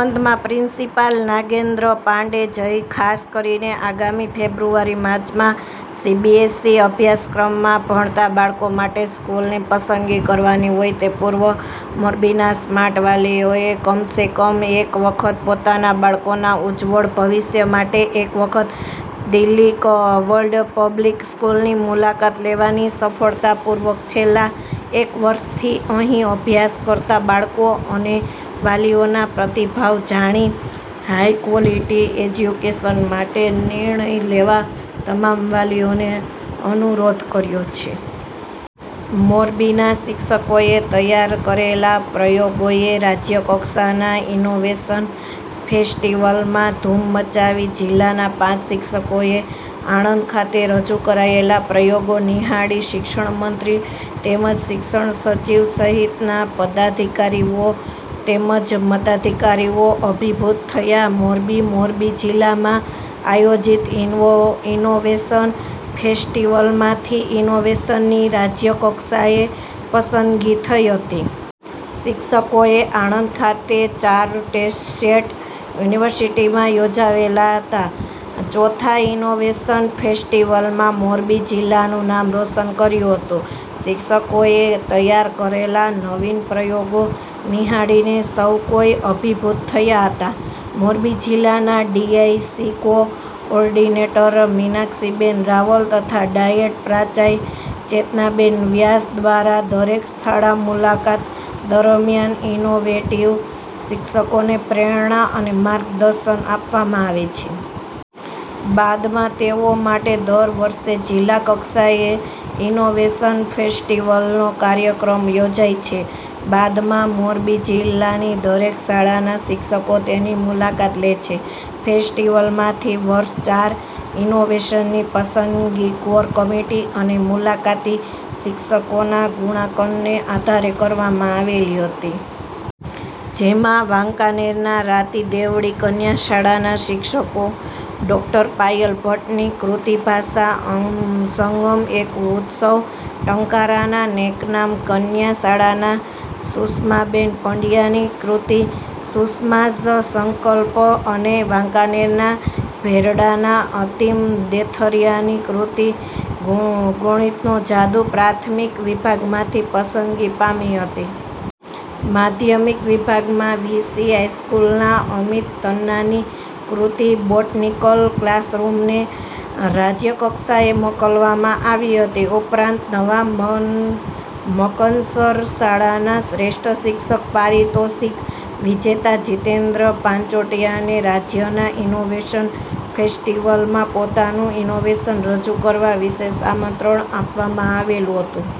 અંતમાં પ્રિન્સિપાલ નાગેન્દ્ર પાંડેજઈએ ખાસ કરીને આગામી ફેબ્રુઆરીમાર્ચમા સીબીએસસી અભ્યાસક્રમમાં ભણતા બાળકો માટે સ્કૂલની પસંદગી કરવાની હોય તે પૂર્વે મોરબીના સ્માર્ટ વાલીઓએ કમસેકમ એક વખત પોતાના બાળકોના ઉજ્જવળ ભવિષ્ય માટે એક વખત દિલ્હી વર્લ્ડ પબ્લિક સ્કૂલની મુલાકાત લેવાની સાથે સફળતા પૂર્વક છેલ્લા એક વર્ષથી અહીં અભ્યાસ કરતા બાળકો અને વાલીઓના પ્રતિભાવ જાણી હાઇક્વોલિટી એજ્યુકેશન માટે નિર્ણય લેવા તમામ વાલીઓને અનુરોધ કર્યો છે. મોરબીના શિક્ષકોએ તૈયાર કરેલા પ્રયોગોએ રાજયકક્ષાના ઇનોવેશન ફેસ્ટિવલમાં ધૂમ મચાવી જિલ્લાના પાંચ શિક્ષકોએ આણંદ ખાતે રજૂ કરેલા પ્રયોગો નિહાળી શિક્ષણમંત્રી તેમજ શિક્ષણસચિવ સહિતના પદાધિકારીઓ તેમજ અધિકારીઓ અભિભૂત થયા મોરબી મોરબી જીલ્લામાં આયોજિત ઇનોવેશન ફેસ્ટીવલમાંથીઇનોવેશનની રાજ્ય કક્ષાએ પસંદગી થઇ હતી. શિક્ષકોએ આણંદ ખાતે ચારુસેટ યુનિવર્સીટીમાં યોજાયેલા ચોથા ઇનોવેશન ફેસ્ટીવલમાં મોરબી જીલ્લાનું નામ રોશન કર્યું હતું. શિક્ષકોએ તૈયાર કરેલાનવીન પ્રયોગો નિહાળીને સૌ કોઈ અભિભૂત થયા હતા. મોરબી જીલ્લાના D I C coordinator Meenakshiben Raval તથા ડાયેટ પ્રાચાર્ય ચેતનાબેન વ્યાસ દ્વારા દરેક શાળા મુલાકાત દરમિયાન ઇનોવેટીવ શિક્ષકોને પ્રેરણા અને માર્ગદર્શન આપવામાં આવે છે. બાદમાં તેઓ માટે દર વર્ષે જીલ્લા કક્ષાએ ઇનોવેશન ફેસ્ટિવલનો કાર્યક્રમ યોજાય છે. બાદમાં મોરબી જીલ્લાની દરેક શાળાના શિક્ષકો તેની મુલાકાત લે છે. ફેસ્ટીવલમાંથીવર્ષે ચાર ઇનોવેશનની પસંદગી, કોર કમિટી અને મુલાકાતી શિક્ષકોના ગુણાંકનને આધારે કરવામાં આવેલી હતી. જેમાં વાંકાનેરના રાતીદેવળી કન્યા શાળાના શિક્ષિકા ડૉ. પાયલ ભટ્ટની કૃતિ ભાષા સંગમએક ઉત્સવ, ટંકારાના નેકનામ કન્યા શાળાના સુષ્માબેન પડયાની કૃતિ 'સુષ્મા'ઝ સંકલ્પ' અને વાંકાનેરના ભેરડાના અમિત દેથારિયાની કૃતિ 'ગણિતનો જાદુ' પ્રાથમિક વિભાગમાંથી પસંદગી પામી હતી. માધ્યમિક વિભાગમાં વી. સી. હાઇસ્કુલના અમિત તન્નાની કૃતિ બોટનીકલ ક્લાસરૂમને રાજય કક્ષાએ મોકલવામાં આવી હતી. ઉપરાંત નવા મકનસર શાળાના શ્રેષ્ઠ શિક્ષક પારિતોષિક વિજેતા જીતેન્દ્ર પાંચોટિયાને રાજ્યના ઇનોવેશન ફેસ્ટીવલમાં પોતાનું ઇનોવેશન રજુ કરવા વિશેષ આમંત્રણ આપવામાં આવેલું હતું.